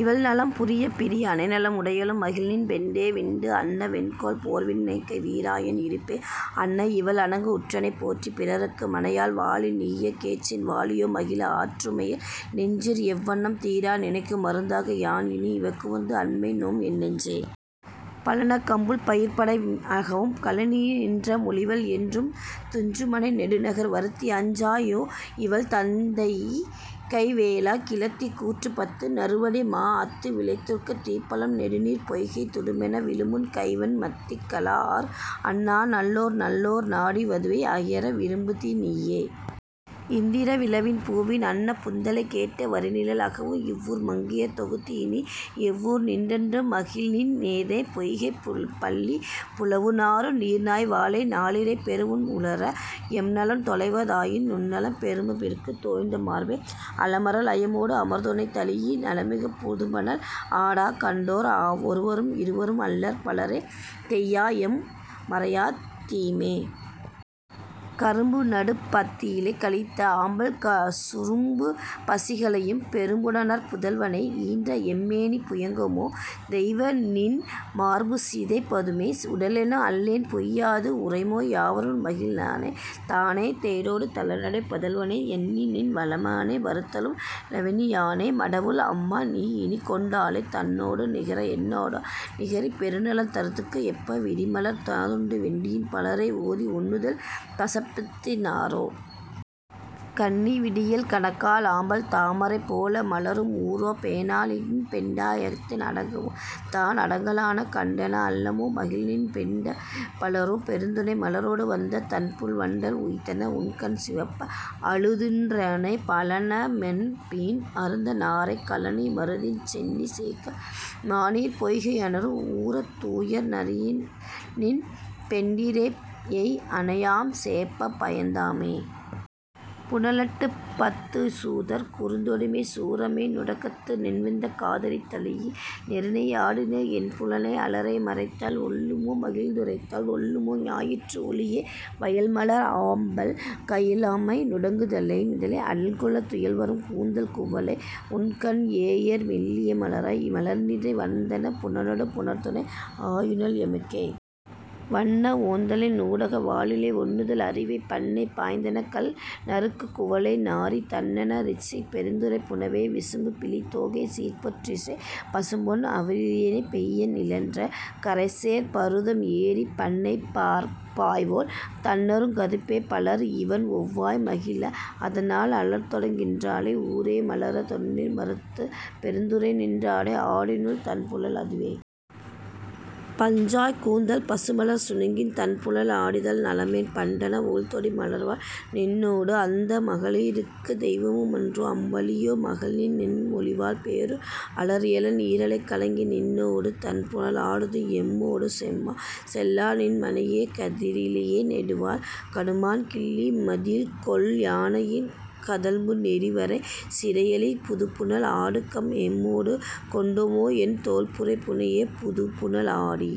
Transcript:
இவள் நலம் புலம்பப் பிரிய அனைநலம் உடையளோ மகிழ்நநின் பெண்டே. விண்டு அன்ன வெண்ணெல் போர்வின் கைவண் விராஅன் இருப்பை அன்ன இவள் அணங்கு உற்றனை போறி பிறர்க்கு மனையையால் வாழி நீயே. கேட்சின் வாழியோ மகிழ்ந ஆற்றுற மையல் நெஞ்சிற்கு எவ்வம் தீர நினக்குமருந் தாகிய யான்இனி இவட்குமருந்து அன்மை நோம்என் நெஞ்சே. பழனக் கம்புள் பயிர்ப்பெடை அகவும் கழனியுரநின் மொழிவல் என்றும் துங்சுமனை நெடுநகர் வருதி அஞ்சா யோஇவள் தந்தைகை வேலே. கிழத்தி கூற்றுப்பத்து நறுவடி மாஅத்து விளைந்துகு தீப்பழம் நெடுநீர்ப் பொய்கைத் துடுமென விழூஉம் கைவண்மத்தி கழாஅர் அன்ன நல்லோர் நல்லோர் நாடி வதுவை அயர விரும்புதி நீயே. இந்திர விழவின் பூவின் அன்ன புந்தலைப் பேடை வரிநிழல் அகவும் இவ்வூர் மங்கையர்த் தொகுத்துஇனி எவ்வூர் நின்றன்று மகிழ்நநின் தேரே. பொய்கைப் பள்ளிப் புலவுநாறு நீர்நாய் வாளை நாளிரை பெறூஉம் ஊர எம்நலம் தொலைவ தாயினும் துன்னலம் பெருமபிறர்த் தோய்ந்த மார்பே. அலமரல் ஆயமோடு அமர்துணை தழீஇ நலமிகு புதுப்புனல் ஆடக் கண்டோ ர் ஒருவரும் இருவரும் அல்லர் பலரே தெய்யஎம் மறையா தீமே. கரும்புநடு பாத்தியில் கலித்த ஆம்பல் சுரும்புபசி களையும் பெரும்புன லூர புதல்வனை ஈன்றஎம் மேனி முயங்கன்மோ தெய்யநின் மார்புசிதைப் பதுவே. உடலினேன் அல்லேன் பொய்யாது உரைமோ யாரவள் மகிழ்ந தானே தேரொடு தளர்நடைப் பதல்வனை யுள்ளிநின் வளவமனை வருதலும் வெளவி யோனே. மடவள் அம்மநீ இனிக்கொண்டோ ளே தன்னொடு நிகரா என்னொடு நிகரிப் பெருநலம் தருக்கும் என்ப விரிமலர்த் தாதுண் வண்டினும் பலரே ஓதி ஒண்ணுதல் பசப்பித் தோரே. கன்னி விடியல் கணக்கால் ஆம்பல் தாமரை போல மலரும் ஊர பேணா ளோநின் பெண்டே யாந்தன் அடங்கவும் தான்அடங் கலளே. கண்டனெம் அல்லமோ மகிழ்நநின் பெண்டே பலராடு பெருந்துரை மலரொடு வந்த தண்புனல் வண்டல் உய்த்தென உண்கண் சிவப்ப அழுதுநின் றோளே. பழனப் பன்மீன் அருந்த நாரை கழனி மருதின் சென்னிச் சேக்கும் மாநீர்ப் பொய்கை யாணர் ஊர தூயர் நறியர்நின் பெண்டிர் பேஎய் அனையம்யாம் சேய்பயந் தனமே.. புனலாட்டுப் பத்து சூதார் குறுந்தொடிச் சூரமை நுடக்கத்து நின்வெங் காதலி தழீஇ நெருநை ஆடினை என்ப புனலே அலரே மறைத்தல் ஒல்லுமோ மகிழ்ந புதைத்தல் ஒல்லுமோ ஞாயிற்றது ஒளியே. வயல்மலர் ஆம்பல் கயில்அமை நுடங்குதலைத் திதலை அல்குல் துயல்வரும் கூந்தல் குவளை உண்கன் ஏஎர் மெல்லியல் மலரார் மலிர்நிறை வந்தெனப் புனலாடு புணர்துனை ஆயினள் எமக்கே. வண்ண ஒந்தழை நுடங்க வாலிழை ஒண்ணுதல் அரிவை பண்ணை பாய்ந்தெனக் கள்நறுங் குவளை நாறித் தண்ணென் றிசினே பெருந்துறைப் புனவே. விசும்பிழி தோகைச் சீர்போன் றிசினே பசும்பொன் அவிரிழை பைய நிழற்றக் கரைசேர் மருதம் ஏறிப் பண்ணை பாய்வோள் தண்ணறுங் கதுப்பே. பலர் இவண் ஒவ்வாய் மகிழ்ந அதனால் அலர்தொடங் கின்றால் ஊரே மலர தொன்னிலை மருதத்துப் பெருந்துறை நின்னோடு ஆடினள் தண்புனல் அதுவே. பஞ்சாய்க் கூந்தல் பசுமலர்ச் சுணங்கின் தண்புணல் ஆடித்தல் நல்ம்மேம் பட்டனள் ஒள்தொடி மடவரால் நின்னோடு அந்தர மகளிர்க்குத் தெய்வமும் போன்றே. அம்ம வாழியோ மகிழ்நநின் மொழிவல் பேரூர் அலர்எழ நீரலைக் கலங்கி நின்னொடு தண்புணல் ஆடுதும் எம்மோடு சென்மோ செல்லல்நின் மனையே. கதிரிலை நெடுவேல் கடுமான் கிள்ளி மதில்கொல் யானையின் கதழ்புநெறி வந்த சிறையழி புதுப்புனல் ஆடுகம் எம்மொடு கொண்மோஎம் தோள்புரை புனையே. புதுப்புனல் ஆடி